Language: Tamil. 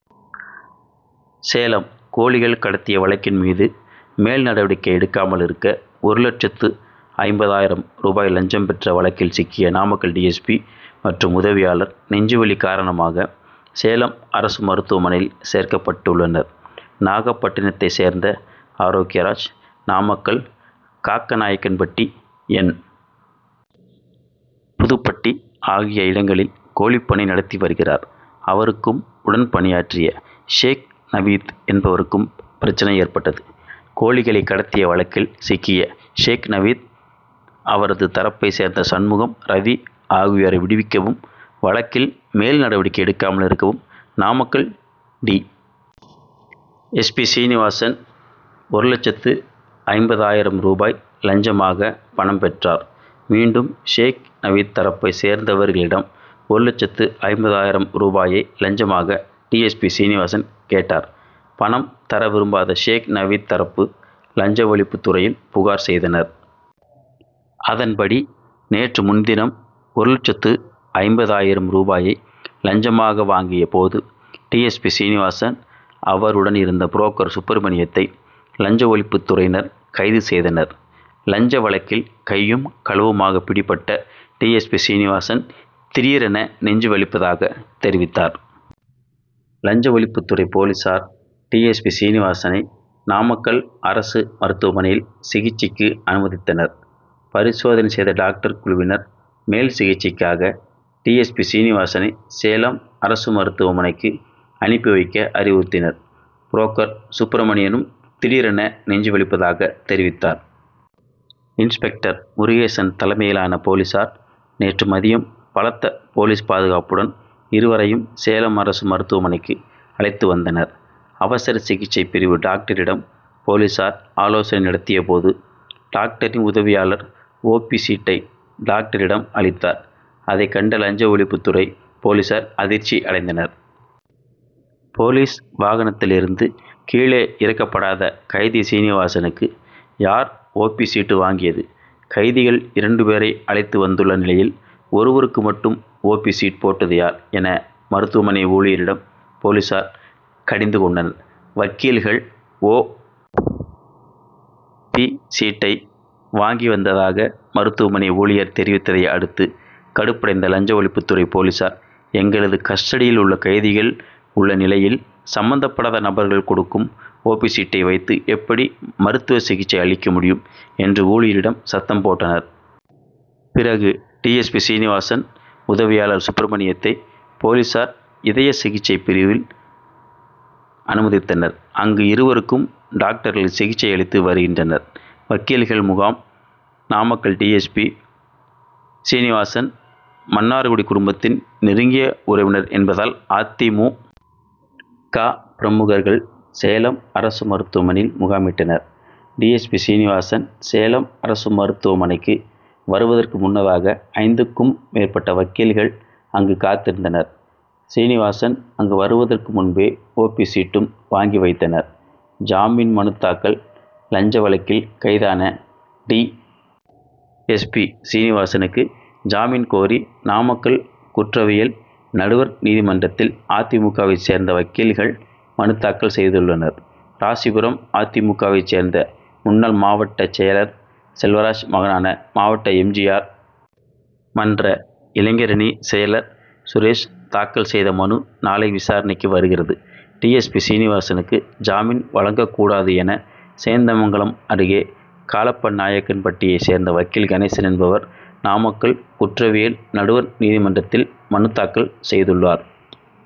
சேலம் கோழிகள் கடத்திய வழக்கின் மீது மேல் நடவடிக்கை எடுக்காமல் இருக்க, ஒரு லட்சத்து ஐம்பதாயிரம் ரூபாய் லஞ்சம் பெற்ற வழக்கில் சிக்கிய நாமக்கல் டி. எஸ். பி., மற்றும் உதவியாளர், நெஞ்சுவலி காரணமாக சேலம் அரசு மருத்துவமனையில் சேர்க்கப்பட்டுள்ளனர். நாகப்பட்டினத்தை சேர்ந்த ஆரோக்கியராஜ். நாமக்கல் காக்கநாயக்கன்பட்டி, என். புதுப்பட்டி ஆகிய இடங்களில் கோழிப்பண்ணை நடத்தி வருகிறார். அவருக்கும், உடன் பணியாற்றிய ஷேக் நவீத் என்பவருக்கும் பிரச்னை ஏற்பட்டது. கோழிகளை கடத்திய வழக்கில் சிக்கிய ஷேக் நவீத், அவரது தரப்பை சேர்ந்த சண்முகம், ரவி ஆகியோரை விடுவிக்கவும், வழக்கில் மேல்நடவடிக்கை எடுக்காமல் இருக்கவும், Namakkal D. S. P., Srinivasan, ஒரு லட்சத்து ஐம்பதாயிரம் ரூபாய் லஞ்சமாக பணம் பெற்றார். மீண்டும் ஷேக் நவீத் தரப்பை சேர்ந்தவர்களிடம் ஒரு லட்சத்து ஐம்பதாயிரம் ரூபாயை லஞ்சமாக டி. எஸ். பி., சீனிவாசன் கேட்டார். பணம் தர விரும்பாத ஷேக் நவீத் தரப்பு, லஞ்ச ஒழிப்பு துறையில் புகார் செய்தனர். அதன்படி நேற்று முன்தினம், ஒரு லட்சத்து ஐம்பதாயிரம் ரூபாயை லஞ்சமாக வாங்கிய போது டி. எஸ். பி., சீனிவாசன், அவருடன் இருந்த புரோக்கர் சுப்பிரமணியத்தை, லஞ்ச ஒழிப்புத் துறையினர் கைது செய்தனர். லஞ்ச வழக்கில் கையும் களவுமாக பிடிபட்ட டி. எஸ். பி., சீனிவாசன், திடீரென நெஞ்சு வலிப்பதாக தெரிவித்தார். லஞ்ச ஒழிப்பு துறை போலீசார், டி. எஸ். பி., சீனிவாசனை நாமக்கல் அரசு மருத்துவமனையில் சிகிச்சைக்கு அனுமதித்தனர். பரிசோதனை செய்த டாக்டர் குழுவினர், மேல் சிகிச்சைக்காக டி. எஸ். பி., சீனிவாசனை சேலம் அரசு மருத்துவமனைக்கு அனுப்பி வைக்க அறிவுறுத்தினர். புரோக்கர் சுப்ரமணியனும் திடீரென நெஞ்சு வலிப்பதாக தெரிவித்தார். இன்ஸ்பெக்டர் முருகேசன் தலைமையிலான போலீசார் நேற்று மதியம் பலத்த போலீஸ் பாதுகாப்புடன் இருவரையும் சேலம் அரசு மருத்துவமனைக்கு அழைத்து வந்தனர். அவசர சிகிச்சை பிரிவு டாக்டரிடம் போலீசார் ஆலோசனை நடத்திய போது, டாக்டரின் உதவியாளர், ஓ. பி., சீட்டை டாக்டரிடம் அளித்தார். அதை கண்ட லஞ்ச ஒழிப்பு துறை போலீசார் அதிர்ச்சி அடைந்தனர். போலீஸ் வாகனத்தில் இருந்து கீழே இறக்கப்படாத கைதி சீனிவாசனுக்கு, யார் ஓ. பி., சீட்டு வாங்கியது, கைதிகள் இரண்டு பேரை அழைத்து வந்துள்ள நிலையில், ஒருவருக்கு மட்டும் ஓ. பி., சீட்டு போட்டது யார், என மருத்துவமனை ஊழியரிடம் போலீசார் கடிந்து கொண்டனர். வக்கீல்கள், ஓ. பி., சீட்டை வாங்கி வந்ததாக மருத்துவமனை ஊழியர் தெரிவித்தை அடுத்து, கடுப்படைந்த லஞ்ச ஒழிப்பு துறை போலீசார், எங்களது கஸ்டடியில் கைதிகள் உள்ள நிலையில், சம்பந்தப்படாத நபர்கள் கொடுக்கும், ஓ. பி., சீட்டை வைத்து எப்படி மருத்துவ சிகிச்சை அளிக்க முடியும்? என்று ஊழியரிடம் சத்தம் போட்டனர். பிறகு டி. எஸ். பி., சீனிவாசன், உதவியாளர் சுப்ரமணியத்தை, போலீசார், இதய சிகிச்சை பிரிவில் அனுமதித்தனர். அங்கு இருவருக்கும் டாக்டர்கள் சிகிச்சை அளித்து வருகின்றனர். வக்கீல்கள் முகாம் Namakkal D. S. P., Srinivasan, Mannargudi குடும்பத்தின்' நெருங்கிய உறவினர் என்பதால், அ. தி. மு. க., பிரமுகர்கள், சேலம் அரசு மருத்துவமனையில் முகாமிட்டனர். D. S. P., Srinivasan, Salem அரசு மருத்துவமனைக்கு வருவதற்கு முன்னதாக, ஐந்துக்கும் மேற்பட்ட வக்கீல்கள் அங்கு காத்திருந்தனர். சீனிவாசன் அங்கு வருவதற்கு முன்பே, ஓ. பி., சீட்டும் வாங்கி வைத்தனர். ஜாமீன் மனு தாக்கல் லஞ்ச வழக்கில் கைதான டி. எஸ். பி., சீனிவாசனுக்கு ஜாமீன் கோரி, நாமக்கல் குற்றவியல் நடுவர் நீதிமன்றத்தில் அ. தி. மு. க.,வைச் சேர்ந்த வக்கீல்கள் மனு தாக்கல் செய்துள்ளனர். ராசிபுரம் அ. தி. மு. க.,வைச் சேர்ந்த முன்னாள் மாவட்டச் செயலர் செல்வராஜ் மகனான மாவட்ட எம். ஜி. ஆர்., மன்ற இளைஞரணி செயலர் சுரேஷ் தாக்கல் செய்த மனு, நாளை விசாரணைக்கு வருகிறது. டி. எஸ். பி., சீனிவாசனுக்கு ஜாமீன் வழங்கக்கூடாது' என, சேந்தமங்கலம் அருகே காளப்பநாயக்கன்பட்டியை சேர்ந்த வக்கீல் கணேசன் என்பவர், நாமக்கல் குற்றவியல் நடுவர் நீதிமன்றத்தில் மனு தாக்கல் செய்துள்ளார்.